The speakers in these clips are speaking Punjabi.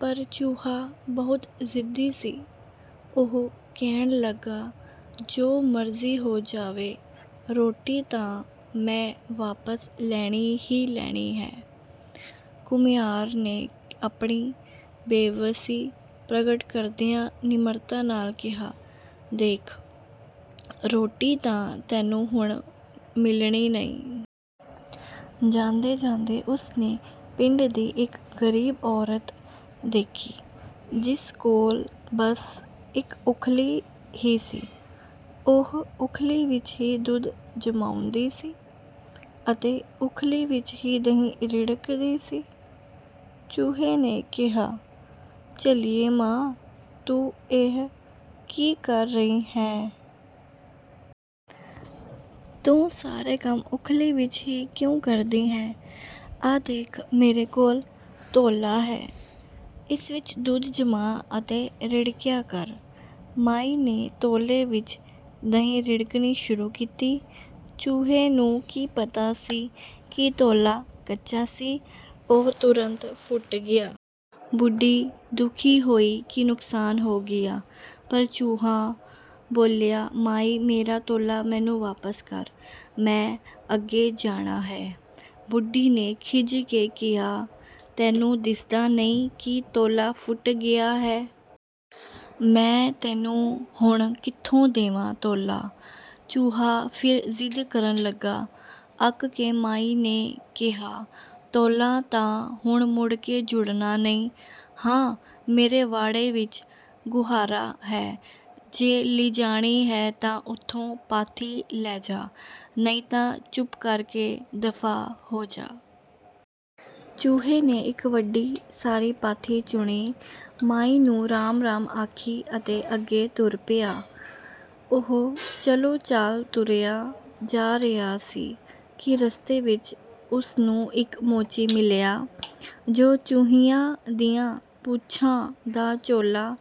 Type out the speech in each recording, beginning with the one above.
ਪਰ ਚੂਹਾ ਬਹੁਤ ਜ਼ਿੱਦੀ ਸੀ, ਉਹ ਕਹਿਣ ਲੱਗਾ, "ਜੋ ਮਰਜ਼ੀ ਹੋ ਜਾਵੇ, ਰੋਟੀ ਤਾਂ ਮੈਂ ਵਾਪਸ ਲੈਣੀ ਹੀ ਲੈਣੀ ਹੈ।" ਘੁਮਿਆਰ ਨੇ ਆਪਣੀ ਬੇਵਸੀ ਪ੍ਰਗਟ ਕਰਦਿਆਂ ਨਿਮਰਤਾ ਨਾਲ ਕਿਹਾ, "ਦੇਖ, ਰੋਟੀ ਤਾਂ ਤੈਨੂੰ ਹੁਣ ਮਿਲਣੀ ਨਹੀਂ। ਜਾਂਦੇ-ਜਾਂਦੇ ਉਸ ਨੇ ਪਿੰਡ ਦੀ ਇੱਕ ਗ਼ਰੀਬ ਔਰਤ ਦੇਖੀ, ਜਿਸ ਕੋਲ ਬਸ ਇੱਕ ਉੱਖਲੀ ਹੀ ਸੀ। ਉਹ ਉੱਖਲੀ ਵਿੱਚ ਹੀ ਦੁੱਧ ਜਮਾਉਂਦੀ ਸੀ ਅਤੇ ਉੱਖਲੀ ਵਿੱਚ ਹੀ ਦਹੀਂ ਰਿੜਕਦੀ ਸੀ। ਚੂਹੇ ਨੇ ਕਿਹਾ, "ਝੱਲੀਏ ਮਾਂ, ਤੂੰ ਇਹ ਕੀ ਕਰ ਰਹੀ ਹੈਂ? ਤੂੰ ਸਾਰੇ ਕੰਮ ਉੱਖਲੀ ਵਿੱਚ ਹੀ ਕਿਉਂ ਕਰਦੀ ਹੈਂ? ਆਹ ਦੇਖ, ਮੇਰੇ ਕੋਲ ਤੌਲਾ ਹੈ, ਇਸ ਵਿੱਚ ਦੁੱਧ ਜਮਾ ਅਤੇ ਰਿੜਕਿਆ ਕਰ।" ਮਾਈ ਨੇ ਤੌਲੇ ਵਿੱਚ ਦਹੀਂ ਰਿੜਕਣੀ ਸ਼ੁਰੂ ਕੀਤੀ। ਚੂਹੇ ਨੂੰ ਕੀ ਪਤਾ ਸੀ ਕਿ ਤੌਲਾ ਕੱਚਾ ਸੀ, ਉਹ ਤੁਰੰਤ ਫੁੱਟ ਗਿਆ। ਬੁੱਢੀ ਦੁਖੀ ਹੋਈ ਕਿ ਨੁਕਸਾਨ ਹੋ ਗਿਆ, ਪਰ ਚੂਹਾ ਬੋਲਿਆ, "ਮਾਈ, ਮੇਰਾ ਤੌਲਾ ਮੈਨੂੰ ਵਾਪਸ ਕਰ, ਮੈਂ ਅੱਗੇ ਜਾਣਾ ਹੈ।" ਬੁੱਢੀ ਨੇ ਖਿਝ ਕੇ ਕਿਹਾ, "ਤੈਨੂੰ ਦਿਸਦਾ ਨਹੀਂ ਕਿ ਤੌਲਾ ਫੁੱਟ ਗਿਆ ਹੈ? ਮੈਂ ਤੈਨੂੰ ਹੁਣ ਕਿੱਥੋਂ ਦੇਵਾਂ ਤੌਲਾ?" ਚੂਹਾ ਫਿਰ ਜ਼ਿੱਦ ਕਰਨ ਲੱਗਾ। ਅੱਕ ਕੇ ਮਾਈ ਨੇ ਕਿਹਾ, "ਤੌਲਾ ਤਾਂ ਹੁਣ ਮੁੜ ਕੇ ਜੁੜਨਾ ਨਹੀਂ। ਹਾਂ, ਮੇਰੇ ਵਾੜੇ ਵਿੱਚ ਗੁਹਾਰਾ ਹੈ, ਜੇ ਲਿਜਾਣੀ ਹੈ ਤਾਂ ਉੱਥੋਂ ਪਾਥੀ ਲੈ ਜਾ, ਨਹੀਂ ਤਾਂ ਚੁੱਪ ਕਰ ਕੇ ਦਫ਼ਾ ਹੋ ਜਾ।" ਚੂਹੇ ਨੇ ਇੱਕ ਵੱਡੀ ਸਾਰੀ ਪਾਥੀ ਚੁਣੀ, ਮਾਈ ਨੂੰ ਰਾਮ-ਰਾਮ ਆਖੀ ਅਤੇ ਅੱਗੇ ਤੁਰ ਪਿਆ। ਉਹ ਚਲੋ-ਚਾਲ ਤੁਰਿਆ ਜਾ ਰਿਹਾ ਸੀ ਕਿ ਰਸਤੇ ਵਿੱਚ ਉਸ ਨੂੰ ਇੱਕ ਮੋਚੀ ਮਿਲਿਆ, ਜੋ ਚੂਹਿਆਂ ਦੀਆਂ ਪੂਛਾਂ ਦਾ ਝੋਲਾ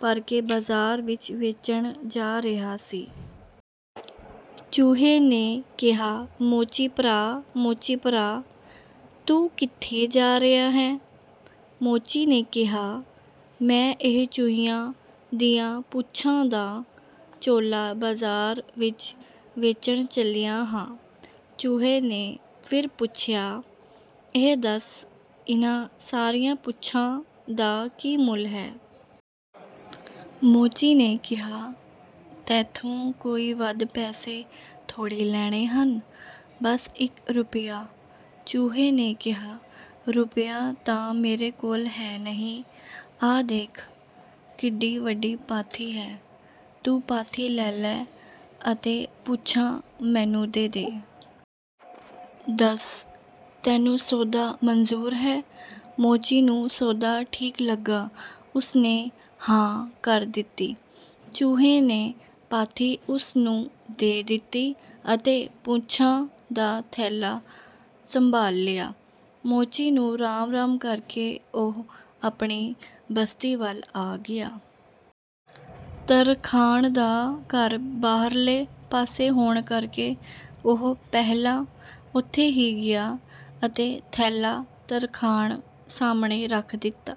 ਭਰ ਕੇ ਬਾਜ਼ਾਰ ਵਿੱਚ ਵੇਚਣ ਜਾ ਰਿਹਾ ਸੀ। ਚੂਹੇ ਨੇ ਕਿਹਾ, "ਮੋਚੀ ਭਰਾ, ਮੋਚੀ ਭਰਾ! ਤੂੰ ਕਿੱਥੇ ਜਾ ਰਿਹਾ ਹੈਂ?" ਮੋਚੀ ਨੇ ਕਿਹਾ, "ਮੈਂ ਇਹ ਚੂਹਿਆਂ ਦੀਆਂ ਪੂਛਾਂ ਦਾ ਝੋਲਾ ਬਾਜ਼ਾਰ ਵਿੱਚ ਵੇਚਣ ਚੱਲਿਆ ਹਾਂ।" ਚੂਹੇ ਨੇ ਫਿਰ ਪੁੱਛਿਆ, "ਇਹ ਦੱਸ, ਇਹਨਾਂ ਸਾਰੀਆਂ ਪੂਛਾਂ ਦਾ ਕੀ ਮੁੱਲ ਹੈ?" ਮੋਚੀ ਨੇ ਕਿਹਾ, "ਤੈਥੋਂ ਕੋਈ ਵੱਧ ਪੈਸੇ ਥੋੜ੍ਹੀ ਲੈਣੇ ਹਨ, ਬਸ ਇੱਕ ਰੁਪਿਆ।" ਚੂਹੇ ਨੇ ਕਿਹਾ, "ਰੁਪਿਆ ਤਾਂ ਮੇਰੇ ਕੋਲ ਹੈ ਨਹੀਂ, ਆਹ ਦੇਖ ਕਿੱਡੀ ਵੱਡੀ ਪਾਥੀ ਹੈ। ਤੂੰ ਪਾਥੀ ਲੈ ਲੈ ਅਤੇ ਪੂਛਾਂ ਮੈਨੂੰ ਦੇ ਦੇ। ਦੱਸ, ਤੈਨੂੰ ਸੌਦਾ ਮਨਜ਼ੂਰ ਹੈ?" ਮੋਚੀ ਨੂੰ ਸੌਦਾ ਠੀਕ ਲੱਗਾ, ਉਸ ਨੇ ਹਾਂ ਕਰ ਦਿੱਤੀ। ਚੂਹੇ ਨੇ ਪਾਥੀ ਉਸ ਨੂੰ ਦੇ ਦਿੱਤੀ ਅਤੇ ਪੂਛਾਂ ਦਾ ਥੈਲਾ ਸੰਭਾਲ ਲਿਆ। ਮੋਚੀ ਨੂੰ ਰਾਮ-ਰਾਮ ਕਰ ਕੇ ਉਹ ਆਪਣੀ ਬਸਤੀ ਵੱਲ ਆ ਗਿਆ। ਤਰਖਾਣ ਦਾ ਘਰ ਬਾਹਰਲੇ ਪਾਸੇ ਹੋਣ ਕਰਕੇ ਉਹ ਪਹਿਲਾਂ ਉੱਥੇ ਹੀ ਗਿਆ ਅਤੇ ਥੈਲਾ ਤਰਖਾਣ ਸਾਹਮਣੇ ਰੱਖ ਦਿੱਤਾ।